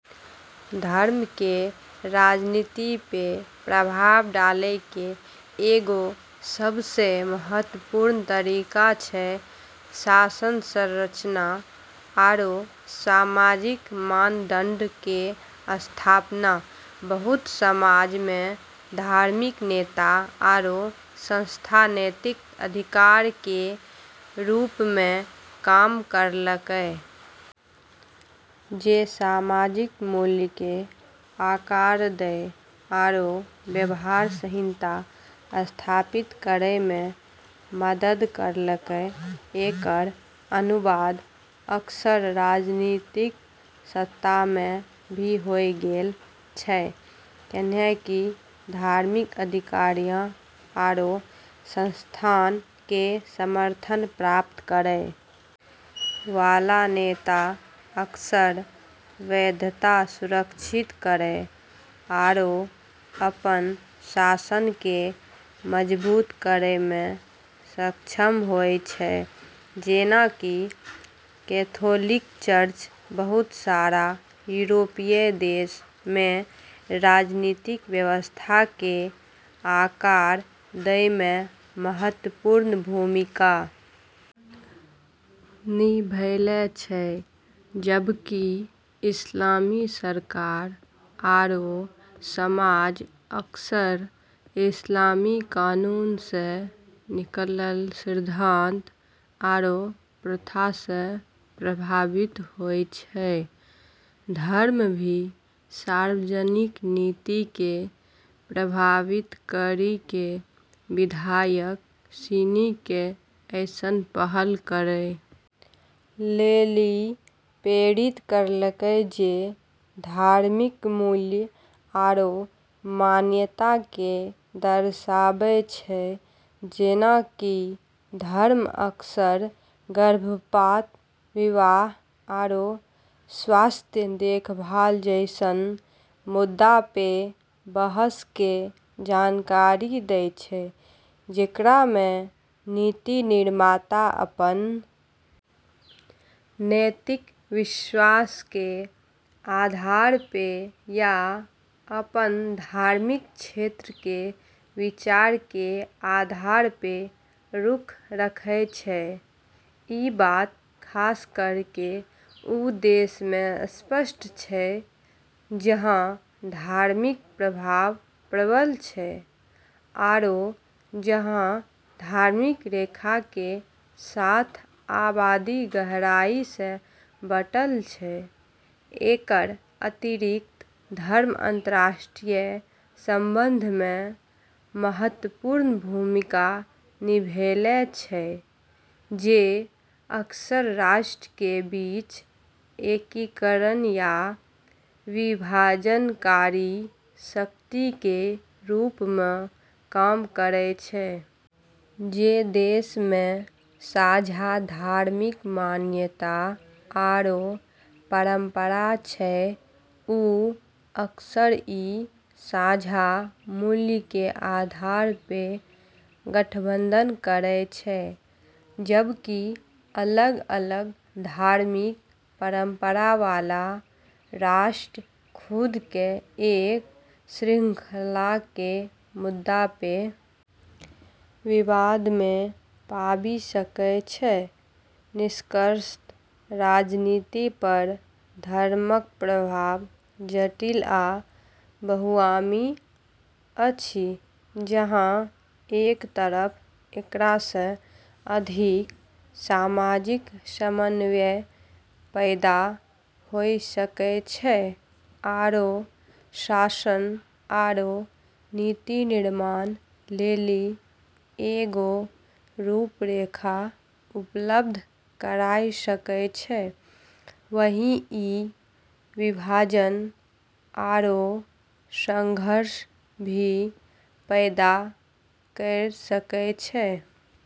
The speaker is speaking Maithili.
धर्म केरऽ राजनीति पे प्रभाव डालै के एगो सबसें महत्वपूर्ण तरीका छै शासन संरचना आरू सामाजिक मानदंडऽ के स्थापना बहुत समाजऽ मे धार्मिक नेता आरू संस्था नैतिक अधिकार के रूप मे काम करलकै जे सामाजिक मूल्यऽ के आकार दै आरू व्यवहार संहिता स्थापित करै मे मदद करलकै, एकरऽ अनुवाद अक्सर राजनीतिक सत्ता मे भी होय गेलऽ छै, कैन्हेंकि धार्मिक अधिकारियऽ आरू संस्थानऽ के समर्थन प्राप्त करै वाला नेता अक्सर वैधता सुरक्षित करै आरू अपनऽ शासन के मजबूत करै मे सक्षम होय छै जेना कि कैथोलिक चर्च बहुत सारा यूरोपीय देशऽ मे राजनीतिक व्यवस्था के आकार दै मे महत्वपूर्ण भूमिका निभैले छै, जबकि इस्लामी सरकार आरू समाज अक्सर इस्लामी कानून से निकललऽ सिद्धांत आरू प्रथा से प्रभावित होय छै, धर्म भी सार्वजनिक नीति के प्रभावित करी के विधायक सिनी के ऐसनऽ पहल करै लेली प्रेरित करलकै जे धार्मिक मूल्य आरू मान्यता के दर्शाबै छै जेना कि धर्म अक्सर गर्भपात, विवाह आरू स्वास्थ्य देखभाल जैसनऽ मुद्दा पे बहस के जानकारी दै छै जेकरा मे नीति निर्माता अपनऽ नैतिक विश्वास के आधार पे या अपनऽ धार्मिक क्षेत्र के विचार के आधार पे रुख रखै छै, ई बात खास करी के उ देशऽ मे स्पष्ट छै, जहां धार्मिक प्रभाव प्रबल छै आरू जहाँ धार्मिक रेखा के साथ आबादी गहराई से बंटलऽ छै, एकरऽ अतिरिक्त, धर्म अंतर्राष्ट्रीय संबंधऽ मे महत्वपूर्ण भूमिका निभैले छै जे अक्सर राष्ट्रऽ के बीच एकीकरण या विभाजनकारी शक्ति के रूप म॑ काम करै छै। जे देशऽ मे साझा धार्मिक मान्यता आरू परंपरा छै, उ अक्सर ई साझा मूल्यऽ के आधार पे गठबंधन करै छै, जबकि अलग-अलग धार्मिक परंपरा वाला राष्ट्र खुद के एक श्रृंखला के मुद्दा पे विवाद मे पाबी सकै छै, निष्कर्षतः राजनीति पर धर्मक प्रभाव जटिल आ बहुआयामी अछि, जहाँ एक तरफ एकरा से अधिक सामाजिक समन्वय पैदा होय सकै छै आरू शासन आरू नीति निर्माण लेली एगो रूपरेखा उपलब्ध कराय सकै छै, वहीं ई विभाजन आरू संघर्ष भी पैदा करी सकै छै।